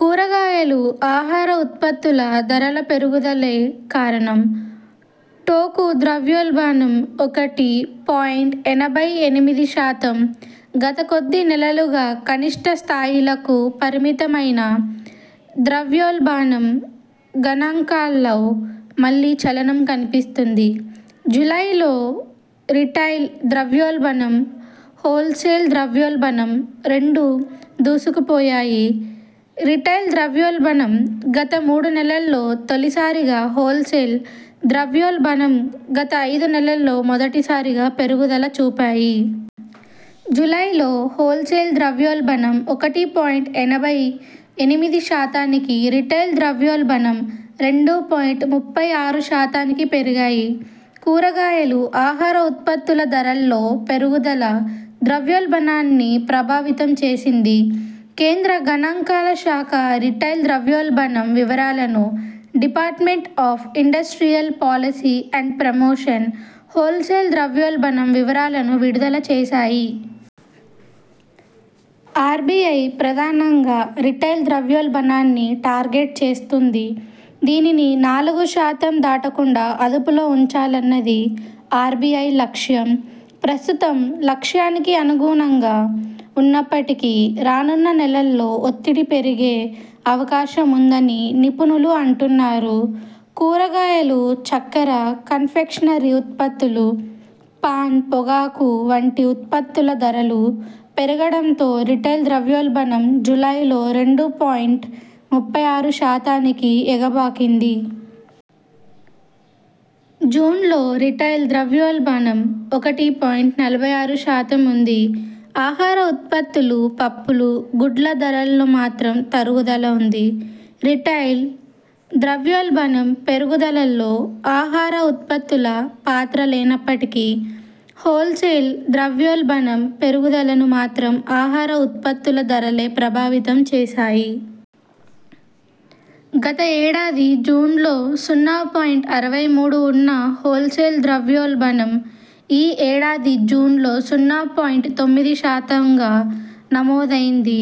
కూరగాయలు, ఆహార ఉత్పత్తుల ధరల పెరుగుదలే కారణం. టోకు ద్రవ్యోల్బణం ఒకటి పాయింట్ ఎనభై ఎనిమిది శాతం గత కొద్ది నెలలుగా కనిష్ట స్థాయిలకు పరిమితమైన ద్రవ్యోల్బణం గణాంకాల్లో మళ్లీ చలనం కనిపిస్తోంది. జూలైలో రిటైల్ ద్రవ్యోల్బణం, హోల్సేల్ ద్రవ్యోల్బణం రెండూ దూసుకుపోయాయి. రిటైల్ ద్రవ్యోల్బణం గత మూడునెలల్లో తొలిసారిగా, హోల్సేల్ ద్రవ్యోల్బణం గత ఐదు నెలల్లో మొదటిసారిగా పెరుగుదల చూపాయి. జూలైలో హోల్సేల్ ద్రవ్యోల్బణం ఒకటి పాయింట్ ఎనభై ఎనిమిది శాతానికి, రిటైల్ ద్రవ్యోల్బణం రెండు పాయింట్ ముప్పై ఆరు శాతానికి పెరిగాయి. కూరగాయలు, ఆహార ఉత్పత్తుల ధరల్లో పెరుగుదల ద్రవ్యోల్బణాన్ని ప్రభావితం చేసింది. కేంద్ర గణాంకాల శాఖ రిటైల్ ద్రవ్యోల్బణం వివరాలను, department of industrial policy and promotion wholesale ద్రవ్యోల్బణం వివరాలను విడుదల చేశాయి. ఆర్బిఐ ప్రధానంగా రిటైల్ ద్రవ్యోల్బణాన్ని టార్గెట్ చేస్తుంది. దీనిని నాలుగు శాతం దాటకుండా అదుపులో ఉంచాలన్నది ఆర్బిఐ లక్ష్యం. ప్రస్తుతం లక్ష్యానికి అనుగుణంగా ఉన్నప్పటికీ రానున్న నెలల్లో ఒత్తిడి పెరిగే అవకాశం ఉందని నిపుణులు అంటున్నారు. కూరగాయలు, చక్కెర, కన్ఫెక్షనరీ ఉత్పత్తులు, పాన్, పొగాకు వంటి ఉత్పత్తుల ధరలు పెరుగడంతో రిటైల్ ద్రవ్యోల్బణం జూలైలో రెండు పాయింట్ ముప్పై ఆరు శాతానికి ఎగబాకింది. జూన్లో రిటైల్ ద్రవ్యోల్బణం ఒకటి పాయింట్ నలభై ఆరు శాతం ఉంది. ఆహార ఉత్పత్తులు, పప్పులు, గుడ్ల ధరల్లో మాత్రం తరుగుదల ఉంది. రిటైల్ ద్రవ్యోల్బణం పెరుగుదలలో ఆహార ఉత్పత్తుల పాత్ర లేనప్పటికీ హోల్సేల్ ద్రవ్యోల్బణం పెరుగుదలను మాత్రం ఆహార ఉత్పత్తుల ధరలే ప్రభావితం చేశాయి. గత ఏడాది జూన్లో సున్నా పాయింట్ అరవై మూడు ఉన్న హోల్ సేల్ ద్రవ్యోల్బణం ఈ ఏడాది జూన్లో సున్నా పాయింట్ తొమ్మిది శాతంగా నమోదైంది.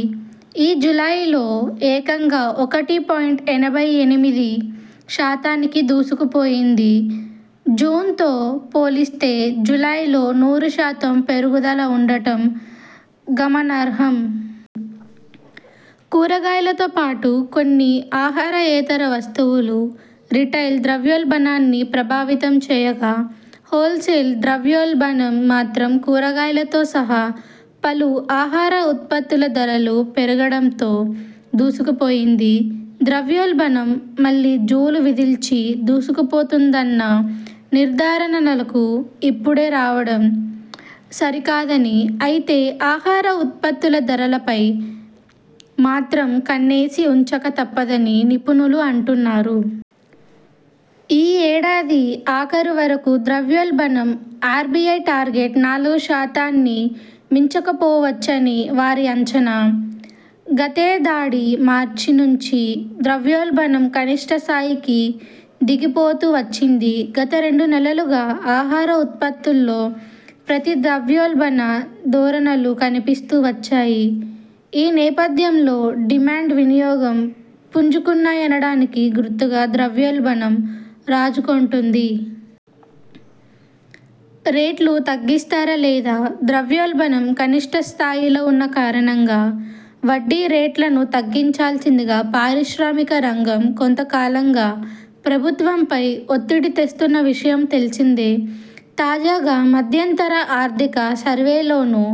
ఈ జూలైలో ఏకంగా ఒకటి పాయింట్ ఎనభై ఎనిమిది శాతానికి దూసుకుపోయింది. జూన్తో పోలిస్తే జూలైలో నూరు శాతం పెరుగుదల ఉండటం గమనార్హం. కూరగాయలతో పాటు కొన్ని ఆహారయేతర వస్తువులు రిటైల్ ద్రవ్యోల్బణాన్ని ప్రభావితం చేయగా, హోల్సేల్ ద్రవ్యోల్బణం మాత్రం కూరగాయలతో సహా పలు ఆహార ఉత్పత్తుల ధరలు పెరగడంతో దూసుకుపోయింది. ద్రవ్యోల్బణం మళ్లీ జూలు విదిల్చి దూసుకుపోతుందన్న నిర్ధారణలకు ఇప్పుడే రావడం సరికాదని, అయితే ఆహార ఉత్పత్తుల ధరలపై మాత్రం కన్నేసి ఉంచక తప్పదని నిపుణులు అంటున్నారు. ఈ ఏడాది ఆఖరు వరకు ద్రవ్యోల్బణం ఆర్బిఐ టార్గెట్ నాలుగు శాతాన్ని మించకపోవచ్చని వారి అంచనా. గతేడాది మార్చి నుంచి ద్రవ్యోల్బణం కనిష్ఠ స్థాయికి దిగిపోతూ వచ్చింది. గత రెండు నెలలుగా ఆహార ఉత్పత్తుల్లో ప్రతి ద్రవ్యోల్బణ ధోరణులు కనిపిస్తూ వచ్చాయి. ఈ నేపధ్యంలో డిమాండ్, వినియోగం పుంజుకున్నాయనడానికి గుర్తుగా ద్రవ్యోల్బణం రాజుకుంటోంది. రేట్లు తగ్గిస్తారా లేదా? ద్రవ్యోల్బణం కనిష్ఠ స్థాయిల్లో ఉన్న కారణంగా వడ్డీ రేట్లను తగ్గించాల్సిందిగా పారిశ్రామిక రంగం కొంతకాలంగా ప్రభుత్వంపై ఒత్తిడి తెస్తున్న విషయం తెలిసిందే. తాజాగా మధ్యంతర ఆర్థిక సర్వేలోనూ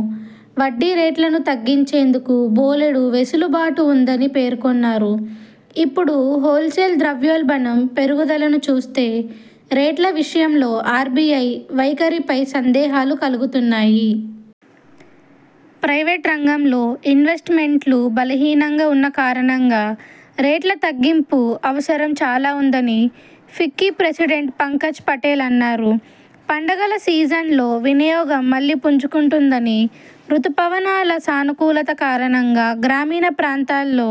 వడ్డీ రేట్లను తగ్గించేందుకు బోలెడు వెసులుబాటు ఉందని పేర్కొన్నారు. ఇప్పుడు హోల్సేల్ ద్రవ్యోల్బణం పెరుగుదలను చూస్తే రేట్ల విషయంలో ఆర్బిఐ వైఖరిపై సందేహాలు కలుగుతున్నాయి. ప్రైవేట్ రంగంలో ఇన్వెస్ట్ మెంట్లు బలహీనంగా ఉన్న కారణంగా రేట్ల తగ్గింపు అవసరం చాలా ఉందనీ ఫిక్కీ ప్రెసిడెంట్ పంకజ్ పటేల్ అన్నారు. పండగల సీజన్లో వినియోగం మళ్లీ పుంజుకుంటుందని, రుతుపవనాల సానుకూలత కారణంగా గ్రామీణ ప్రాంతాల్లో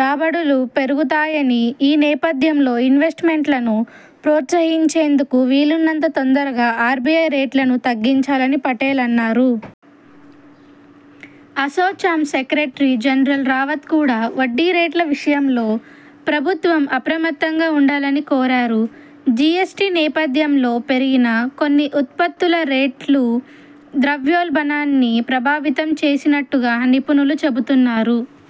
రాబడులు పెరుగుతాయని ఈ నేపథ్యంలో ఇన్వెస్ట్ మెంట్లను ప్రోత్సహించేందుకు వీలున్నంత తొందరగా ఆర్బిఐ రేట్లను తగ్గించాలని పటేల్ అన్నారు. అసోచామ్ సెక్రటరీ జనరల్ రావత్ కూడా వడ్డీ రేట్ల విషయంలో ప్రభుత్వం అప్రమత్తంగా ఉండాలని కోరారు. జిఎ్సటి నేపథ్యంలో పెరిగిన కొన్ని ఉత్పత్తుల రేట్లు ద్రవ్యోల్బణాన్ని ప్రభావితం చేసినట్టుగా నిపుణులు చెబుతున్నారు.